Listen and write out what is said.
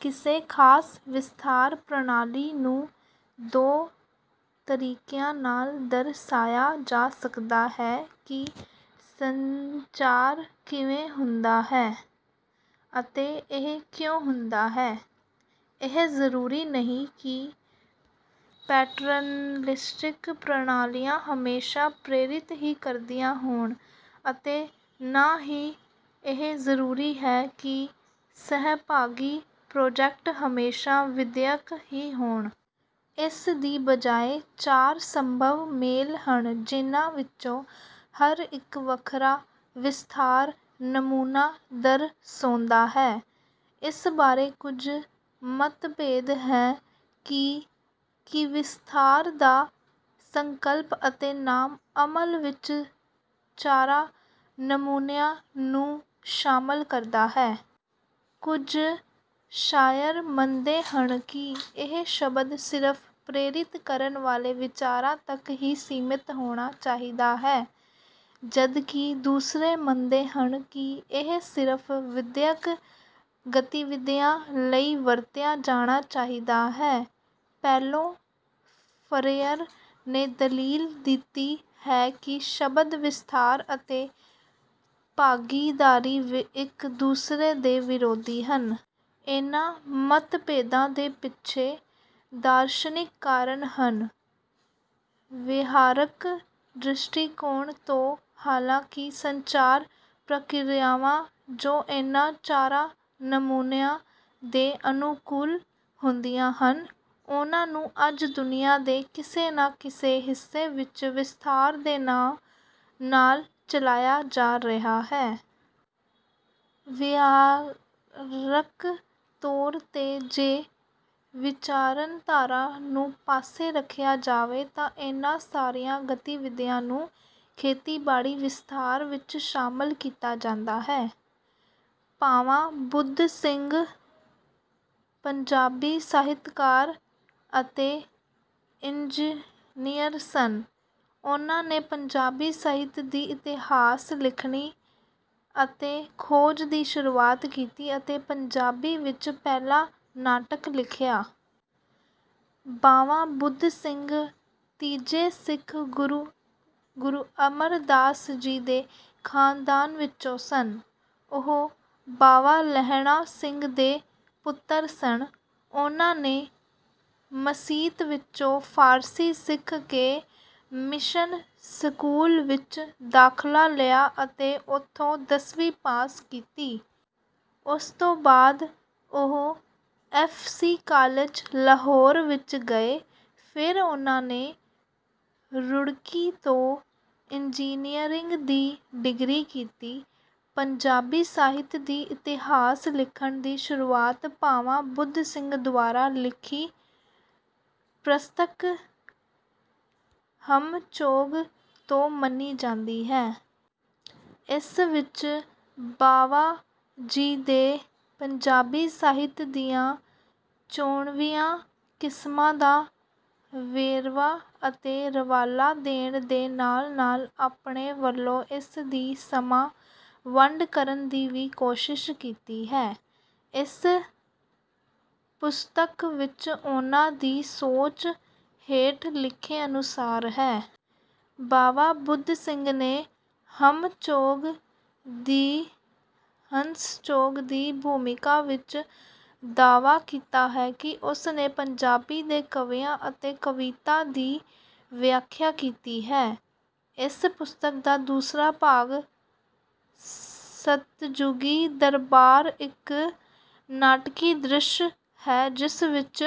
ਕਿਸੇ ਖਾਸ ਵਿਸਥਾਰ ਪ੍ਰਣਾਲੀ ਨੂੰ ਦੋ ਤਰੀਕਿਆਂ ਨਾਲ ਦਰਸਾਇਆ ਜਾ ਸਕਦਾ ਹੈ ਕਿ ਸੰਚਾਰ ਕਿਵੇਂ ਹੁੰਦਾ ਹੈ ਅਤੇ ਇਹ ਕਿਉਂ ਹੁੰਦਾ ਹੈ। ਇਹ ਜ਼ਰੂਰੀ ਨਹੀਂ ਕਿ ਪੈਟਰਨਲਿਸਟਿਕ ਪ੍ਰਣਾਲੀਆਂ ਹਮੇਸ਼ਾ ਪ੍ਰੇਰਿਤ ਹੀ ਕਰਦੀਆਂ ਹੋਣ ਅਤੇ ਨਾ ਹੀ ਇਹ ਜ਼ਰੂਰੀ ਹੈ ਕਿ ਸਹਿਭਾਗੀ ਪ੍ਰੋਜੈਕਟ ਹਮੇਸ਼ਾ ਵਿਦਿਅਕ ਹੀ ਹੋਣ। ਇਸ ਦੀ ਬਜਾਏ ਚਾਰ ਸੰਭਵ ਮੇਲ ਹਨ ਜਿਨ੍ਹਾਂ ਵਿੱਚੋਂ ਹਰ ਇੱਕ ਵੱਖਰਾ ਵਿਸਥਾਰ ਨਮੂਨਾ ਦਰਸਾਉਂਦਾ ਹੈ। ਇਸ ਬਾਰੇ ਕੁਝ ਮਤਭੇਦ ਹੈ ਕਿ ਕੀ ਵਿਸਥਾਰ ਦਾ ਸੰਕਲਪ ਅਤੇ ਨਾਮ ਅਸਲ ਵਿੱਚ ਚਾਰਾਂ ਨਮੂਨਿਆਂ ਨੂੰ ਸ਼ਾਮਲ ਕਰਦਾ ਹੈ। ਕੁਝ ਮਾਹਿਰ ਮੰਨਦੇ ਹਨ ਕਿ ਇਹ ਸ਼ਬਦ ਸਿਰਫ ਪ੍ਰੇਰਿਤ ਕਰਨ ਵਾਲੇ ਵਿਚਾਰਾਂ ਤੱਕ ਹੀ ਸੀਮਿਤ ਹੋਣਾ ਚਾਹੀਦਾ ਹੈ ਜਦਕਿ ਦੂਸਰੇ ਮੰਨਦੇ ਹਨ ਕਿ ਇਹ ਸਿਰਫ ਵਿਦਿਅਕ ਗਤੀਵਿਧੀਆਂ ਲਈ ਵਰਤਿਆ ਜਾਣਾ ਚਾਹੀਦਾ ਹੈ। ਪਾਓਲੋ ਫਰੀਅਰ ਨੇ ਦਲੀਲ ਦਿੱਤੀ ਹੈ ਕਿ ਸ਼ਬਦ ਵਿਸਥਾਰ ਅਤੇ ਭਾਗੀਦਾਰੀ ਇੱਕ ਦੂਸਰੇ ਦੇ ਵਿਰੋਧੀ ਹਨ। ਇਨ੍ਹਾਂ ਮਤਭੇਦਾਂ ਦੇ ਪਿੱਛੇ ਦਾਰਸ਼ਨਿਕ ਕਾਰਨ ਹਨ। ਵਿਹਾਰਕ ਦ੍ਰਿਸ਼ਟੀਕੋਣ ਤੋਂ ਹਾਲਾਂਕਿ ਸੰਚਾਰ ਪ੍ਰਕਿਰਿਆਵਾਂ ਜੋ ਇਨ੍ਹਾਂ ਚਾਰਾਂ ਨਮੂਨਿਆਂ ਦੇ ਅਨੁਕੂਲ ਹੁੰਦੀਆਂ ਹਨ ਉਨ੍ਹਾਂ ਨੂੰ ਅੱਜ ਦੁਨੀਆ ਦੇ ਕਿਸੇ ਨਾ ਕਿਸੇ ਹਿੱਸੇ ਵਿੱਚ ਵਿਸਥਾਰ ਦੇ ਨਾਂ ਨਾਲ ਚਲਾਇਆ ਜਾ ਰਿਹਾ ਹੈ। ਵਿਹਾਰਕ ਤੌਰ ਤੇ ਜੇ ਵਿਚਾਰਧਾਰਾ ਨੂੰ ਪਾਸੇ ਰੱਖਿਆ ਜਾਵੇ ਤਾਂ ਇਨ੍ਹਾਂ ਸਾਰੀਆਂ ਗਤੀਵਿਧੀਆਂ ਨੂੰ ਖੇਤੀਬਾੜੀ ਵਿਸਥਾਰ ਵਿੱਚ ਸ਼ਾਮਲ ਕੀਤਾ ਜਾਂਦਾ ਹੈ। ਬਾਵਾ ਬੁੱਧ ਸਿੰਘ ਪੰਜਾਬੀ ਸਾਹਿਤਕਾਰ ਅਤੇ ਇੰਜਨੀਅਰ ਸਨ। ਉਨ੍ਹਾਂ ਨੇ ਪੰਜਾਬੀ ਸਾਹਿਤ ਦੀ ਇਤਿਹਾਸ ਲਿਖਣੀ ਅਤੇ ਖੋਜ ਦੀ ਸ਼ੁਰੂਆਤ ਕੀਤੀ ਅਤੇ ਪੰਜਾਬੀ ਵਿੱਚ ਪਹਿਲਾ ਨਾਟਕ ਲਿਖਿਆ। ਬਾਵਾ ਬੁੱਧ ਸਿੰਘ ਤੀਜੇ ਸਿੱਖ ਗੁਰੂ ਗੁਰੂ ਅਮਰਦਾਸ ਜੀ ਦੇ ਖਾਨਦਾਨ ਵਿੱਚੋਂ ਸਨ। ਉਹ ਬਾਵਾ ਲਹਿਣਾ ਸਿੰਘ ਦੇ ਪੁੱਤਰ ਸਨ। ਉਨ੍ਹਾਂ ਨੇ ਮਸੀਤ ਵਿੱਚੋਂ ਫਾਰਸੀ ਸਿੱਖ ਕੇ ਮਿਸ਼ਨ ਸਕੂਲ ਵਿੱਚ ਦਾਖਲਾ ਲਿਆ ਅਤੇ ਉਥੋਂ ਦਸਵੀਂ ਪਾਸ ਕੀਤੀ। ਉਸ ਤੋਂ ਬਾਅਦ ਉਹ ਐਫ ਸੀ ਕਾਲਜ ਲਾਹੌਰ ਵਿੱਚ ਗਏ। ਫਿਰ ਉਨ੍ਹਾਂ ਨੇ ਰੁੜਕੀ ਤੋਂ ਇੰਜਨੀਅਰਿੰਗ ਦੀ ਡਿਗਰੀ ਕੀਤੀ। ਪੰਜਾਬੀ ਸਾਹਿਤ ਦੀ ਇਤਿਹਾਸ ਲਿਖਣ ਦੀ ਸ਼ੁਰੂਆਤ ਬਾਵਾ ਬੁੱਧ ਸਿੰਘ ਦੁਆਰਾ ਲਿਖੀ ਪੁਸਤਕ ਹੰਸ ਚੋਗ ਤੋਂ ਮੰਨੀ ਜਾਂਦੀ ਹੈ। ਇਸ ਵਿੱਚ ਬਾਵਾ ਜੀ ਨੇ ਪੰਜਾਬੀ ਸਾਹਿਤ ਦੀਆਂ ਚੋਣਵੀਆਂ ਕਿਸਮਾਂ ਦਾ ਵੇਰਵਾ ਅਤੇ ਹਵਾਲਾ ਦੇਣ ਦੇ ਨਾਲ ਨਾਲ ਆਪਣੇ ਵੱਲੋਂ ਇਸ ਦੀ ਸਮਾਂ ਵੰਡ ਕਰਨ ਦੀ ਵੀ ਕੋਸ਼ਿਸ਼ ਕੀਤੀ ਹੈ। ਇਸ ਪੁਸਤਕ ਵਿੱਚ ਉਨ੍ਹਾਂ ਦੀ ਸੋਚ ਹੇਠ ਲਿਖੇ ਅਨੁਸਾਰ ਹੈ। ਬਾਵਾ ਬੁੱਧ ਸਿੰਘ ਨੇ ਹੰਸ ਚੋਗ ਦੀ ਭੂਮਿਕਾ ਵਿੱਚ ਦਾਅਵਾ ਕੀਤਾ ਹੈ ਕਿ ਉਸ ਨੇ ਪੰਜਾਬੀ ਦੇ ਕਵੀਆਂ ਅਤੇ ਕਵਿਤਾ ਦੀ ਵਿਆਖਿਆ ਕੀਤੀ ਹੈ। ਇਸ ਪੁਸਤਕ ਦਾ ਦੂਸਰਾ ਭਾਗ ਸਤਿਜੁਗੀ ਦਰਬਾਰ ਇੱਕ ਨਾਟਕੀ ਦ੍ਰਿਸ਼ ਹੈ ਜਿਸ ਵਿੱਚ